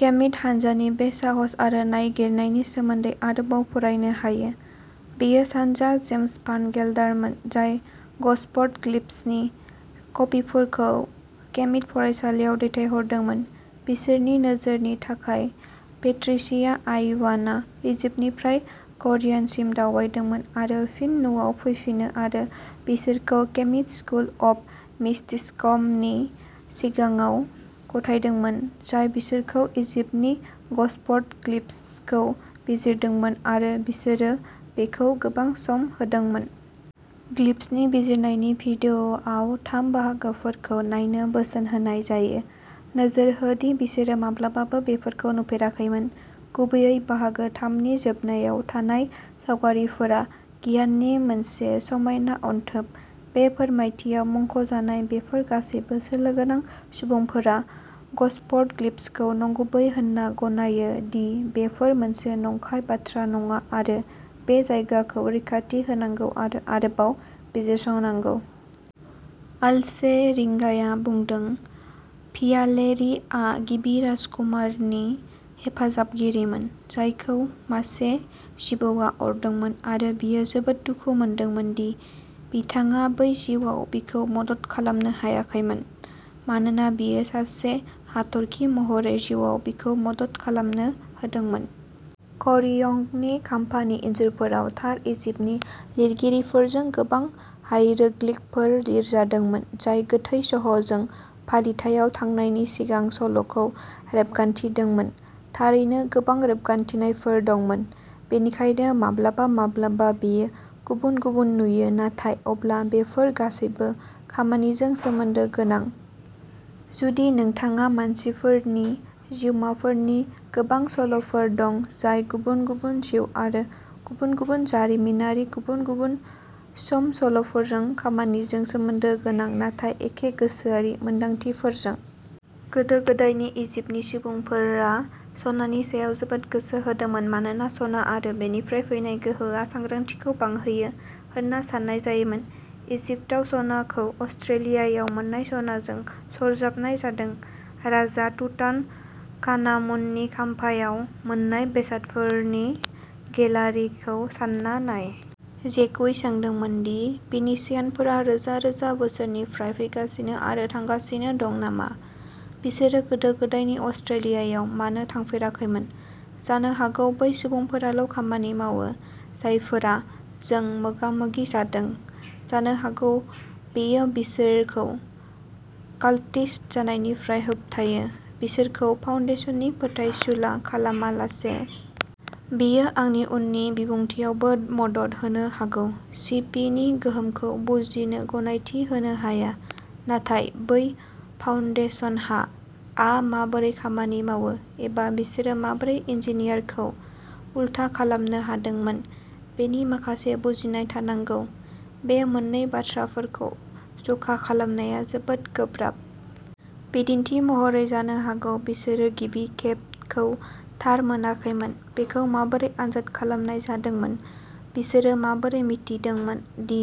खेमित हानजानि बे साहस आरो नागिरनायनि सोमोन्दै आरोबाव फरायनो हायो। बेयो सानजा जेम्स भान गेलडारमोन जाय ग'सफर्ड ग्लिफ्सनि कपिफोरखौ खेमित फरायसालियाव दैथायहरदोंमोन बिसोरनि नोजोरनि थाखाय। पेट्रिसिया आइवानआ इजिप्टनिफ्राय करियान सिम दावबायदोंमोन आरो फिन न'आव फैफिनो आरो बिसोरखौ खेमित स्कुल अफ मिस्टिक्समनि सिगाङाव गथायदोंमोन जाय बिसोरखौ इजिप्टनि ग'सफर्ड ग्लिफ्सखौ बिजिरदोंमोन आरो बिसोरो बेखौ गोबां सम होदोंमोन। ग्लिफ्सनि बिजिरनायनि भिडिअ'आव थाम बाहागोफोरखौ नायनो बोसोन होनाय जायो। नोजोर हो दि बिसोरो माब्लाबाबो बेफोरखौ नुफेराखैमोन। गुबैयै बाहागो थाम नि जोबनायाव थानाय सावगारिफोरा गियाननि मोनसे समायना अनथोब। बे फोरमायथियाव मुंख'जानाय बेफोर गासैबो सोलो गोनां सुबुंफोरा ग'सफर्ड ग्लिफ्सखौ नंगुबै होनना गनायो दि बेफोर मोनसे नंखाय बाथ्रा नङा आरो बे जायगाखौ रैखाथि होनांगौ आरो आरोबाव बिजिरसंनांगौ। आल्चे रिंगाया बुंदों। भियालेरी आ गिबि राजकुमारनि हेफाजाबगिरिमोन, जायखौ मासे जिबौआ अरदोंमोन। आरो बियो जोबोद दुखु मोनदोंमोन दि बिथाङा बै जिउआव बिखौ मदद खालामनो हायाखैमोन मानोना बियो सासे हाथरखि महरै जिउआव बिखौ मदद खालामनो हादोंमोन। करियोंगनि खाम्फानि इन्जुरफोराव थार इजिप्टनि लिरगिरिफोरजों गोबां हाइरोग्लिफफोर लिरजादोंमोन, जाय गोथै सह'जों फालिथाइआव थांनायनि सिगां सल'खौ रेबगान्थिदोंमोन। थारैनो गोबां रेबगान्थिनायफोर दंमोन बेनिखायनो माब्लाबा माब्लाबा बेयो गुबुन गुबुन नुयो नाथाय अब्ला बेफोर गासैबो खामानिजों सोमोन्दो गोनां जुदि नोंथाङा मानसिफोरनि जिउमाफोरनि गोबां सल'फोर दं जाय गुबुन गुबुन जिउ आरो गुबुन गुबुन जारिमिनारि गुबुन-गुबुन सम सल'फोरजों खामानिजों सोमोन्दो गोनां नाथाय एखे गोसोआरि मोनदांथिफोरजों। गोदो गोदायनि इजिप्टनि सुबुंफोरा सनानि सायाव जोबोद गोसो होदोंमोन मानोना सना आरो बेनिफ्राय फैनाय गोहोआ सांग्रांथिखौ बांहोयो होनना साननाय जायोमोन। इजिप्टआव सनाखौ अस्ट्रेलियायाव मोननाय सनाजों सरजाबनाय जादों। राजा तुतान खानामुननि खाम्फायाव मोननाय बेसादफोरनि गेलारिखौ सान्ना नाय। जेकुइ सोंदोंमोन दि फिनीसियानफोरा रोजा रोजा बोसोरनिफ्राय फैगासिनो आरो थांगासिनो दं नामा बिसोरो गोदो गोदायनि अस्ट्रेलियायाव मानो थाफेराखैमोन? जानो हागौ बै सुबुंफोराल' खामानि मावो जायफोरा जों मोगामोगि जादों जानो हागौ बेयो बिसोरखौ काल्टिस्ट जानायनिफ्राय होबथायो बिसोरखौ फाउन्डेसननि फोथायसुला खालामालासे। बेयो आंनि उननि बिबुंथिआवबो मदद होनो हागौ। सि पि नि गोहोमखौ बुजिनो गनायथि होनो हाया। नाथाय बै फाउन्डेसनहा आ माबोरै खामानि मावो एबा बिसोरो माबोरै इन्जिनियार खौ उलथा खालामनो हादोंमोन बेनि माखासे बुजिनाय थानांगौ बे मोननै बाथ्राफोरखौ जखा खालामनाया जोबोद गोब्राब। बिदिन्थि महरै जानो हागौ बिसोरो गिबि खेब खौ थार मोनाखैमोन। बेखौ माबोरै आनजाद खालामनाय जादोंमोन बिसोरो माबोरै मिथिदोंमोन दि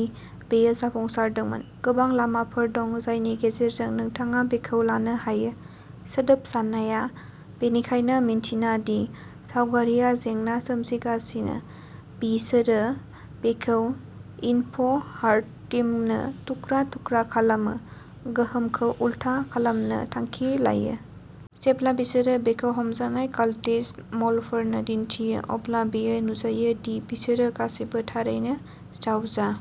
बेयो जाफुंसारदोंमोन गोबां लामाफोर दं जायनि गेजेरजों नोंथाङा बेखौ लानो हायो। सोदोब साननाया। बेनिखायनो मिन्थिना दि सावगारिआ जेंना सोमजिगासिनो बिसोरो बेखौ इनफ' हार्ड टीमनो थुख्रा थुख्रा खालामो गोहोमखौ उलथा खालामनो थांखि लायो। जेब्ला बिसोरो बेखौ हमजानाय कालटिस्ट म'लफोरनो दिन्थियो अब्ला बेयो नुजायो दि बिसोरो गासैबो थारैनो जावजा।